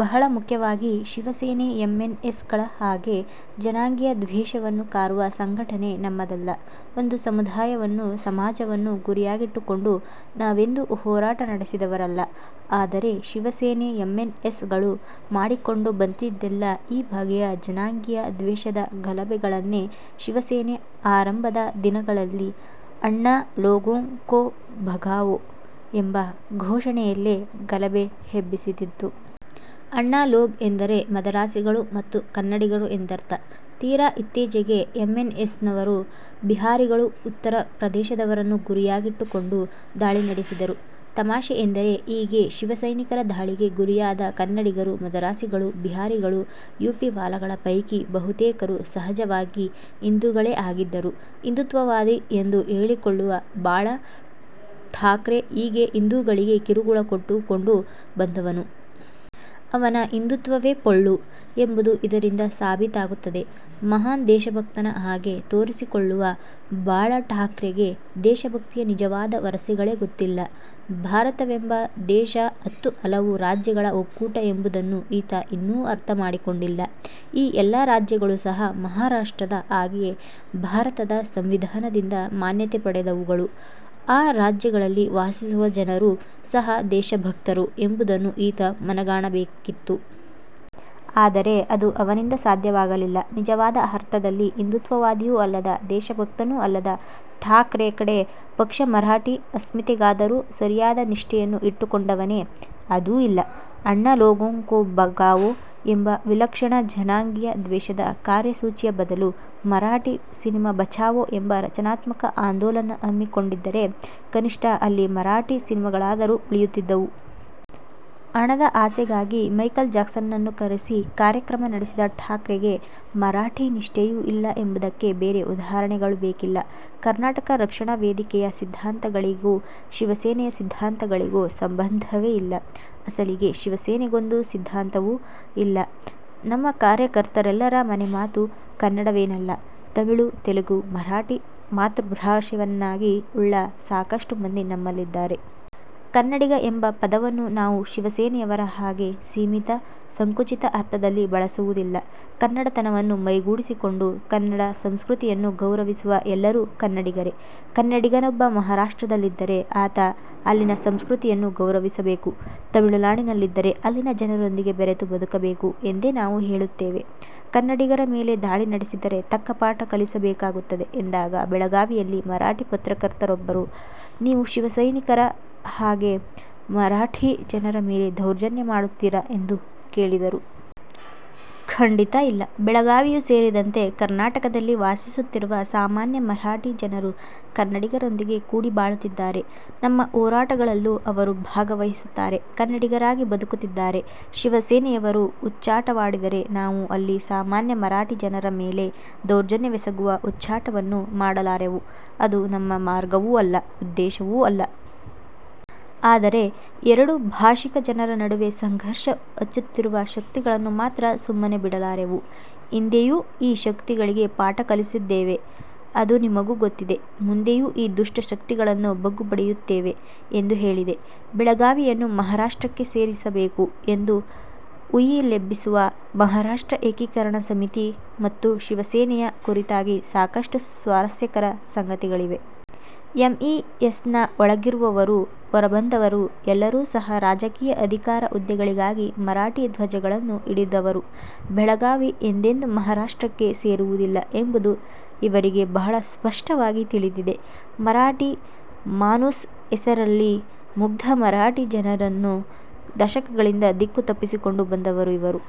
ಬಹಳ ಮುಖ್ಯವಾಗಿ ಶಿವಸೇನೆ, ಎಂಎನ್ಎಸ್ ಗಳ ಹಾಗೆ ಜನಾಂಗೀಯ ದ್ವೇಷವನ್ನು ಕಾರುವ ಸಂಘಟನೆ ನಮ್ಮದಲ್ಲ. ಒಂದು ಸಮುದಾಯವನ್ನು, ಸಮಾಜವನ್ನು ಗುರಿಯಾಗಿಟ್ಟುಕೊಂಡು ನಾವೆಂದೂ ಹೋರಾಟ ನಡೆಸಿದವರಲ್ಲ. ಆದರೆ ಶಿವಸೇನೆ, ಎಂಎನ್ಎಸ್ ಗಳು ಮಾಡಿಕೊಂಡು ಬಂದಿದ್ದೆಲ್ಲ ಈ ಬಗೆಯ ಜನಾಂಗೀಯ ದ್ವೇಷದ ಗಲಭೆಗಳನ್ನೆ. ಶಿವಸೇನೆ ಆರಂಭದ ದಿನಗಳಲ್ಲಿ 'ಅಣ್ಣಾ ಲೋಗೋಂ ಕೊ ಭಗಾವೋ ಎಂಬ ಘೋಷಣೆಯಲ್ಲೇ ಗಲಭೆ ಎಬ್ಬಿಸುತ್ತಿತ್ತು. ಅಣ್ಣಾ ಲೋಗ್ ಎಂದರೆ ಮದರಾಸಿಗಳು ಮತ್ತು ಕನ್ನಡಿಗರು ಎಂದರ್ಥ. ತೀರಾ ಇತ್ತೀಚಿಗೆ ಎಂಎನ್ಎಸ್ನವರು ಬಿಹಾರಿಗಳು, ಉತ್ತರ ಪ್ರದೇಶದವರನ್ನು ಗುರಿಯಾಗಿಟ್ಟುಕೊಂಡು ದಾಳಿ ನಡೆಸಿದರು. ತಮಾಷೆ ಎಂದರೆ ಹೀಗೆ ಶಿವಸೈನಿಕರ ದಾಳಿಗೆ ಗುರಿಯಾದ ಕನ್ನಡಿಗರು, ಮದರಾಸಿಗಳು, ಬಿಹಾರಿಗಳು, ಯುಪಿವಾಲಾಗಳ ಪೈಕಿ ಬಹುತೇಕರು ಸಹಜವಾಗಿ ಹಿಂದುಗಳೇ ಆಗಿದ್ದರು. ಹಿಂದುತ್ವವಾದಿ ಎಂದು ಹೇಳಿಕೊಳ್ಳುವ ಬಾಳಾ ಠಾಕ್ರೆ ಹೀಗೆ ಹಿಂದೂಗಳಿಗೇ ಕಿರುಕುಳ ಕೊಟ್ಟುಕೊಂಡು ಬಂದವನು. ಅವನ ಹಿಂದುತ್ವವೇ ಪೊಳ್ಳು ಎಂಬುದು ಇದರಿಂದ ಸಾಬೀತಾಗುತ್ತದೆ. ಮಹಾನ್ ದೇಶಭಕ್ತನ ಹಾಗೆ ತೋರಿಸಿಕೊಳ್ಳುವ ಬಾಳಠಾಕ್ರೆಗೆ ದೇಶಭಕ್ತಿಯ ನಿಜವಾದ ವರಸೆಗಳೇ ಗೊತ್ತಿಲ್ಲ. ಭಾರತವೆಂಬ ದೇಶ ಹತ್ತು ಹಲವು ರಾಜ್ಯಗಳ ಒಕ್ಕೂಟ ಎಂಬುದನ್ನು ಈತ ಇನ್ನೂ ಅರ್ಥ ಮಾಡಿಕೊಂಡಿಲ್ಲ. ಈ ಎಲ್ಲ ರಾಜ್ಯಗಳೂ ಸಹ ಮಹಾರಾಷ್ಟ್ರದ ಹಾಗೆಯೇ ಭಾರತ ಸಂವಿಧಾನದಿಂದ ಮಾನ್ಯತೆ ಪಡೆದವುಗಳು, ಆ ರಾಜ್ಯಗಳಲ್ಲಿ ವಾಸಿಸುವ ಜನರೂ ಸಹ ದೇಶಭಕ್ತರು ಎಂಬುದನ್ನು ಈತ ಮನಗಾಣಬೇಕಿತ್ತು. ಆದರೆ ಅದು ಅವನಿಂದ ಸಾಧ್ಯವಾಗಲಿಲ್ಲ. ನಿಜವಾದ ಅರ್ಥದಲ್ಲಿ ಹಿಂದುತ್ವವಾದಿಯೂ ಅಲ್ಲದ, ದೇಶಭಕ್ತನೂ ಅಲ್ಲದ ಠಾಕ್ರೆ ಕಡೇ ಪಕ್ಷ ಮರಾಠೀ ಅಸ್ಮಿತೆಗಾದರೂ ಸರಿಯಾದ ನಿಷ್ಠೆಯನ್ನು ಇಟ್ಟುಕೊಂಡವನೇ? ಅದೂ ಇಲ್ಲ. 'ಅಣ್ಣಾ ಲೋಗೋಂ ಕೊ ಭಗಾವೋ ಎಂಬ ವಿಲಕ್ಷಣ, ಜನಾಂಗೀಯ ದ್ವೇಷದ ಕಾರ್ಯಸೂಚಿಯ ಬದಲು 'ಮರಾಠೀ ಸಿನಿಮಾ ಬಚಾವೋ ಎಂಬ ರಚನಾತ್ಮಕ ಆಂದೋಲನ ಹಮ್ಮಿಕೊಂಡಿದ್ದರೆ ಕನಿಷ್ಠ ಅಲ್ಲಿ ಮರಾಠಿ ಸಿನಿಮಾಗಳಾದರೂ ಉಳಿಯುತ್ತಿದ್ದವು. ಹಣದ ಆಸೆಗಾಗಿ ಮೈಕಲ್ ಜಾಕ್ಸನ್ನನ್ನು ಕರೆಸಿ ಕಾರ್ಯಕ್ರಮ ನಡೆಸಿದ ಠಾಕ್ರೆಗೆ ಮರಾಠಿ ನಿಷ್ಠೆಯೂ ಇಲ್ಲ ಎಂಬುದಕ್ಕೆ ಬೇರೆ ಉದಾಹರಣೆಗಳು ಬೇಕಿಲ್ಲ. ಕರ್ನಾಟಕ ರಕ್ಷಣಾ ವೇದಿಕೆಯ ಸಿದ್ಧಾಂತಗಳಿಗೂ ಶಿವಸೇನೆಯ ಸಿದ್ಧಾಂತಗಳಿಗೂ ಸಂಬಂಧವೇ ಇಲ್ಲ. ಅಸಲಿಗೆ ಶಿವಸೇನೆಗೊಂದು ಸಿದ್ಧಾಂತವೂ ಇಲ್ಲ. ನಮ್ಮ ಕಾರ್ಯಕರ್ತರೆಲ್ಲರ ಮನೆಮಾತು ಕನ್ನಡವೇನಲ್ಲ. ತಮಿಳು, ತೆಲುಗು, ಮರಾಠಿ ಮಾತೃಭಾಷೆಯನ್ನಾಗಿ ಉಳ್ಳ ಸಾಕಷ್ಟು ಮಂದಿ ನಮ್ಮಲ್ಲಿದ್ದಾರೆ. 'ಕನ್ನಡಿಗ ಎಂಬ ಪದವನ್ನು ನಾವು ಶಿವಸೇನೆಯವರ ಹಾಗೆ ಸೀಮಿತ, ಸಂಕುಚಿತ ಅರ್ಥದಲ್ಲಿ ಬಳಸುವುದಿಲ್ಲ. ಕನ್ನಡತನವನ್ನು ಮೈಗೂಡಿಸಿಕೊಂಡು, ಕನ್ನಡ ಸಂಸ್ಕೃತಿಯನ್ನು ಗೌರವಿಸುವ ಎಲ್ಲರೂ ಕನ್ನಡಿಗರೇ. ಕನ್ನಡಿಗನೊಬ್ಬ ಮಹಾರಾಷ್ಟ್ರದಲ್ಲಿದ್ದರೆ ಆತ ಅಲ್ಲಿನ ಸಂಸ್ಕೃತಿಯನ್ನು ಗೌರವಿಸಬೇಕು, ತಮಿಳುನಾಡಿನಲ್ಲಿದ್ದರೆ ಅಲ್ಲಿನ ಜನರೊಂದಿಗೆ ಬೆರೆತು ಬದುಕಬೇಕು ಎಂದೇ ನಾವು ಹೇಳುತ್ತೇವೆ. 'ಕನ್ನಡಿಗರ ಮೇಲೆ ದಾಳಿ ನಡೆಸಿದರೆ, ತಕ್ಕ ಪಾಠ ಕಲಿಸಬೇಕಾಗುತ್ತದೆ ಎಂದಾಗ ಬೆಳಗಾವಿಯಲ್ಲಿ ಮರಾಠಿ ಪತ್ರಕರ್ತರೊಬ್ಬರು, 'ನೀವು ಶಿವಸೈನಿಕರ ಹಾಗೆ ಮರಾಠಿ ಜನರ ಮೇಲೆ ದೌರ್ಜನ್ಯ ಮಾಡುತ್ತೀರಾ ಎಂದು ಕೇಳಿದರು. 'ಖಂಡಿತ ಇಲ್ಲ, ಬೆಳಗಾವಿಯೂ ಸೇರಿದಂತೆ ಕರ್ನಾಟಕದಲ್ಲಿ ವಾಸಿಸುತ್ತಿರುವ ಸಾಮಾನ್ಯ ಮರಾಠಿ ಜನರು ಕನ್ನಡಿಗರೊಂದಿಗೆ ಕೂಡಿ ಬಾಳುತ್ತಿದ್ದಾರೆ. ನಮ್ಮ ಹೋರಾಟಗಳಲ್ಲೂ ಅವರು ಭಾಗವಹಿಸುತ್ತಾರೆ, ಕನ್ನಡಿಗರಾಗಿ ಬದುಕುತ್ತಿದ್ದಾರೆ. ಶಿವಸೇನೆಯವರು ಹುಚ್ಚಾಟವಾಡಿದರೆ, ನಾವು ಇಲ್ಲಿ ಸಾಮಾನ್ಯ ಮರಾಠಿ ಜನರ ಮೇಲೆ ದೌರ್ಜನ್ಯವೆಸಗುವ ಹುಚ್ಚಾಟವನ್ನು ಮಾಡಲಾರೆವು. ಅದು ನಮ್ಮ ಮಾರ್ಗವೂ ಅಲ್ಲ, ಉದ್ದೇಶವೂ ಅಲ್ಲ. ಆದರೆ ಎರಡೂ ಭಾಷಿಕ ಜನರ ನಡುವೆ ಸಂಘರ್ಷ ಹಚ್ಚುತ್ತಿರುವ ಶಕ್ತಿಗಳನ್ನು ಮಾತ್ರ ಸುಮ್ಮನೆ ಬಿಡಲಾರೆವು. ಹಿಂದೆಯೂ ಈ ಶಕ್ತಿಗಳಿಗೆ ಪಾಠ ಕಲಿಸಿದ್ದೇವೆ. ಅದು ನಿಮಗೂ ಗೊತ್ತಿದೆ. ಮುಂದೆಯೂ ಈ ದುಷ್ಟ ಶಕ್ತಿಗಳನ್ನು ಬಗ್ಗುಬಡಿಯುತ್ತೇವೆ. ಎಂದು ಹೇಳಿದೆ. ಬೆಳಗಾವಿಯನ್ನು ಮಹಾರಾಷ್ಟ್ರಕ್ಕೆ ಸೇರಿಸಬೇಕು ಎಂದು ಹುಯಿಲೆಬ್ಬಿಸುವ ಮಹಾರಾಷ್ಟ್ರ ಏಕೀಕರಣ ಸಮಿತಿ ಮತ್ತು ಶಿವಸೇನೆಯ ಕುರಿತಾಗಿ ಸಾಕಷ್ಟು ಸ್ವಾರಸ್ಯಕರ ಸಂಗತಿಗಳಿವೆ. ಎಂಇಎಸ್ನ ಒಳಗಿರುವವರು, ಹೊರಬಂದವರು ಎಲ್ಲರೂ ಸಹ ರಾಜಕೀಯ ಅಧಿಕಾರ-ಹುದ್ದೆಗಳಿಗಾಗಿ ಮರಾಠಿ ಧ್ವಜಗಳನ್ನು ಹಿಡಿದವರು. ಬೆಳಗಾವಿ ಎಂದೆಂದೂ ಮಹಾರಾಷ್ಟ್ರಕ್ಕೆ ಸೇರುವುದಿಲ್ಲ ಎಂಬುದು ಇವರಿಗೆ ಬಹಳ ಸ್ಪಷ್ಟವಾಗಿ ತಿಳಿದಿದೆ. ಮರಾಠಿ ಮಾನೂಸ್ ಹೆಸರಿನಲ್ಲಿ ಮುಗ್ಧ ಮರಾಠಿ ಜನರನ್ನು ದಶಕಗಳಿಂದ ದಿಕ್ಕು ತಪ್ಪಿಸಿಕೊಂಡು ಬಂದವರು ಇವರು.